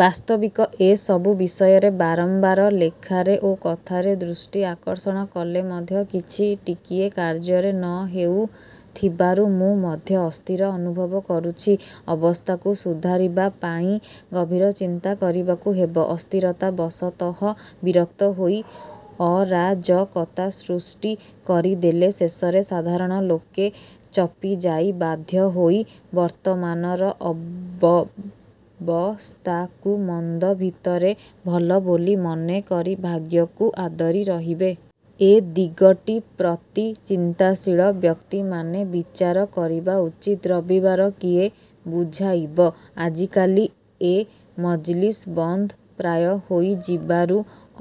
ବାସ୍ତବିକ ଏସବୁ ବିଷୟରେ ବାରମ୍ବାର ଲେଖାରେ ଓ କଥାରେ ଦୃଷ୍ଟି ଆକର୍ଷଣ କଲେ ମଧ୍ୟ କିଛି ଟିକିଏ କାର୍ଯ୍ୟରେ ନହେଉ ଥିବାରୁ ମୁଁ ମଧ୍ୟ ଅସ୍ଥିର ଅନୁଭବ କରୁଛି। ଅବସ୍ଥାକୁ ସୁଧାରିବା ପାଇଁ ଗଭୀର ଚିନ୍ତା କରିବାକୁ ହେବ। ଅସ୍ଥିରତା ବଶତଃ ବିରକ୍ତ ହୋଇ ଅରାଜକତା ସୃଷ୍ଟି କରିଦେଲେ ଶେଷରେ ସାଧାରଣ ଲୋକେ ଚପି ଯାଇ ବାଧ୍ୟ ହୋଇ ବର୍ତ୍ତମାନର ଅବ୍ୟବସ୍ଥାକୁ ମନ୍ଦ ଭିତରେ ଭଲ ବୋଲି ମନେ କରି ଭାଗ୍ୟକୁ ଆଦରି ରହିବେ। ଏ ଦିଗଟି ପ୍ରତି ଚିନ୍ତାଶୀଳ ବ୍ୟକ୍ତିମାନେ ବିଚାର କରିବା ଉଚିତ। ରବିବାର କିଏ ବୁଝାଇବ? ଆଜିକାଲି ଏ ମଜଲିସ୍ ବନ୍ଦ ପ୍ରାୟ ହୋଇଯିବାରୁ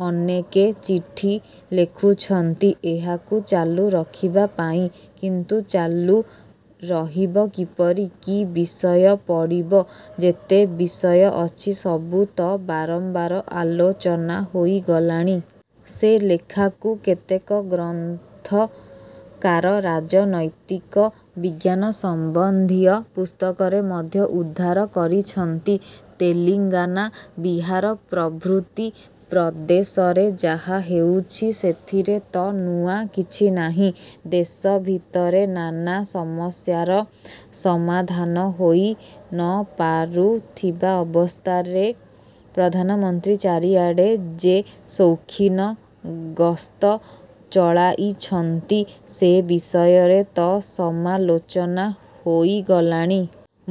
ଅନେକେ ଚିଠି ଲେଖୁଛନ୍ତି ଏହାକୁ ଚାଲୁ ରଖିବାପାଇଁ। କିନ୍ତୁ ଚାଲୁ ରହିବ କିପରି? କି ବିଷୟ ପଡ଼ିବ? ଯେତେ ବିଷୟ ଅଛି ସବୁ ତ ବାରମ୍ବାର ଆଲୋଚନା ହୋଇଗଲାଣି। ସେ ଲେଖାକୁ କେତେକ ଗ୍ରନ୍ଥକାର ରାଜନୈତିକ ବିଜ୍ଞାନ ସମ୍ବନ୍ଧୀୟ ପୁସ୍ତକରେ ମଧ୍ୟ ଉଦ୍ଧାର କରିଛନ୍ତି। ତେଲିଙ୍ଗାନା, ବିହାର ପ୍ରଭୃତି ପ୍ରଦେଶରେ ଯାହା ହେଉଛି, ସେଥିରେ ତ ନୂଆ କିଛି ନାହିଁ। ଦେଶ ଭିତରେ ନାନା ସମସ୍ୟାର ସମାଧାନ ହୋଇ ନ ପାରୁଥିବା ଅବସ୍ଥାରେ ପ୍ରଧାନମନ୍ତ୍ରୀ ଚାରିଆଡ଼େ ଯେ ସୌଖିନ ଗସ୍ତ ଚଳାଇଛନ୍ତି, ସେ ବିଷୟରେ ତ ସମାଲୋଚନା ହୋଇଗଲାଣି।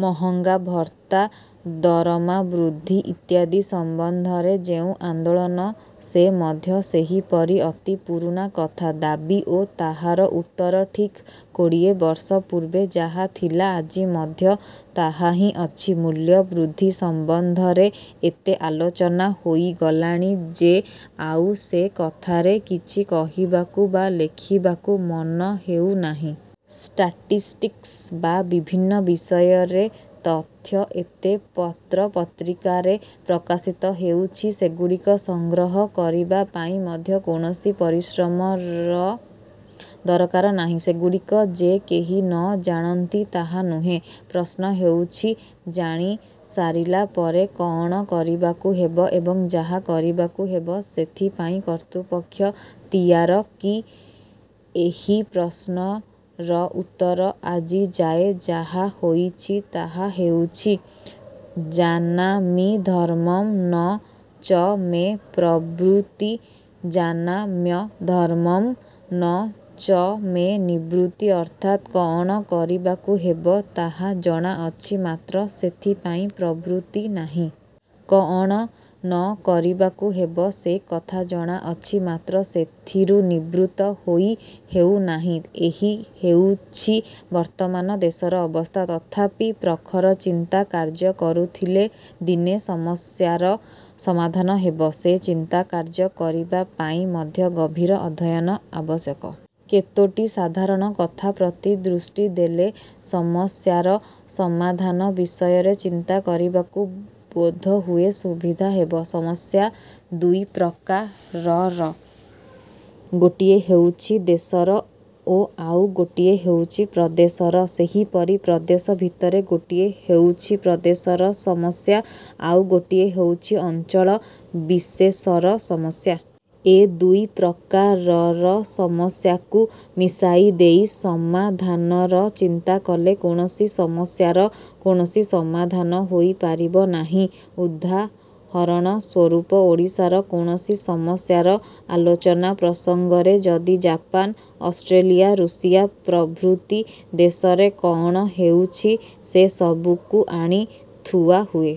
ମହଙ୍ଗାଭତ୍ତା, ଦରମା ବୃଦ୍ଧି ଇତ୍ୟାଦି ସମ୍ବନ୍ଧରେ ଯେଉଁ ଆନ୍ଦୋଳନ ସେ ମଧ୍ୟ ସେହିପରି ଅତି ପୁରୁଣା କଥା। ଦାବି ଓ ତାହାର ଉତ୍ତର ଠିକ୍ କୋଡ଼ିଏ ବର୍ଷ ପୂର୍ବେ ଯାହା ଥିଲା ଆଜି ମଧ୍ୟ ତାହାହିଁ ଅଛି। ମୂଲ୍ୟବୃଦ୍ଧି ସମ୍ବନ୍ଧରେ ଏତେ ଆଲୋଚନା ହୋଇଗଲାଣି ଯେ ଆଉ ସେ କଥାରେ କିଛି କହିବାକୁ ବା ଲେଖିବାକୁ ମନ ହେଉନାହିଁ। ଷ୍ଟାଟିଷ୍ଟିକ୍ସ ବା ବିଭିନ୍ନ ବିଷୟରେ ତଥ୍ୟ ଏତେ ପତ୍ରପତ୍ରିକାରେ ପ୍ରକାଶିତ ହେଉଛି; ସେଗୁଡ଼ିକ ସଂଗ୍ରହ କରିବାପାଇଁ ମଧ୍ୟ କୌଣସି ପରିଶ୍ରମର ଦରକାର ନାହିଁ। ସେଗୁଡ଼ିକ ଯେ କେହି ନ ଜାଣନ୍ତି ତାହା ନୁହେଁ। ପ୍ରଶ୍ନ ହେଉଛି, ଜାଣିସାରିଲା ପରେ କଅଣ କରିବାକୁ ହେବ ଏବଂ ଯାହା କରିବାକୁ ହେବ ସେଥିପାଇଁ କର୍ତ୍ତୃପକ୍ଷ ତିଆର କି ଏହି ପ୍ରଶ୍ନର ଉତ୍ତର ଆଜିଯାଏ ଯାହା ହୋଇଛି ତାହା ହେଉଛି- ''ଜାନାମି ଧର୍ମଂ ନ ଚ ମେ ପ୍ରବୃତ୍ତି ଜାନାମ୍ୟଧର୍ମଂ ନ ଚ ମେ ନିବୃତ୍ତି'' ଅର୍ଥାତ୍ କଅଣ କରିବାକୁ ହେବ ତାହା ଜଣା ଅଛି ମାତ୍ର ସେଥିପାଇଁ ପ୍ରବୃତ୍ତି ନାହିଁ। କଅଣ ନ କରିବାକୁ ହେବ ସେ କଥା ଜଣାଅଛି ମାତ୍ର ସେଥିରୁ। ନିବୃତ୍ତ ହୋଇ ହେଉନାହିଁ। ଏହି ହେଉଛି ବର୍ତ୍ତମାନ ଦେଶର ଅବସ୍ଥା। ତଥାପି ପ୍ରଖର ଚିନ୍ତା କାର୍ଯ୍ୟ କରୁଥିଲେ ଦିନେ ସମସ୍ୟାର ସମାଧାନ ହେବ। ସେ ଚିନ୍ତା କାର୍ଯ୍ୟ କରିବା ପାଇଁ ମଧ୍ୟ ଗଭୀର ଅଧ୍ୟୟନ ଆବଶ୍ୟକ। କେତୋଟି ସାଧାରଣ କଥା ପ୍ରତି ଦୃଷ୍ଟି ଦେଲେ, ସମସ୍ୟାର ସମାଧାନ ବିଷୟରେ ଚିନ୍ତା କରିବାକୁ ବୋଧହୁଏ ସୁବିଧା ହେବ। ସମସ୍ୟା ଦୁଇ ପ୍ରକାରର- ଗୋଟିଏ ହେଉଛି ଦେଶର ଓ ଆଉ ଗୋଟିଏ ହେଉଛି ପ୍ରଦେଶର। ସେହିପରି ପ୍ରଦେଶ ଭିତରେ ଗୋଟିଏ ହେଉଛି ପ୍ରଦେଶର ସମସ୍ୟା, ଆଉ ଗୋଟିଏ ହେଉଛି ଅଞ୍ଚଳ ବିଶେଷର ସମସ୍ୟା। ଏ ଦୁଇ ପ୍ରକାରର ସମସ୍ୟାକୁ ମିଶାଇ ଦେଇ ସମାଧାନର ଚିନ୍ତାକଲେ କୌଣସି ସମସ୍ୟାର କୌଣସି ସମାଧାନ ହୋଇପାରିବ ନାହିଁ। ଉଦାହରଣ ସ୍ୱରୂପ ଓଡ଼ିଶାର କୌଣସି ସମସ୍ୟାର ଆଲୋଚନା ପ୍ରସଙ୍ଗରେ ଯଦି ଜାପାନ, ଅଷ୍ଟ୍ରେଲିଆ, ରୁଷିଆ ପ୍ରଭୃତି ଦେଶରେ କଅଣ ହେଉଛି ସେ ସବୁକୁ ଆଣି ଥୁଆହୁଏ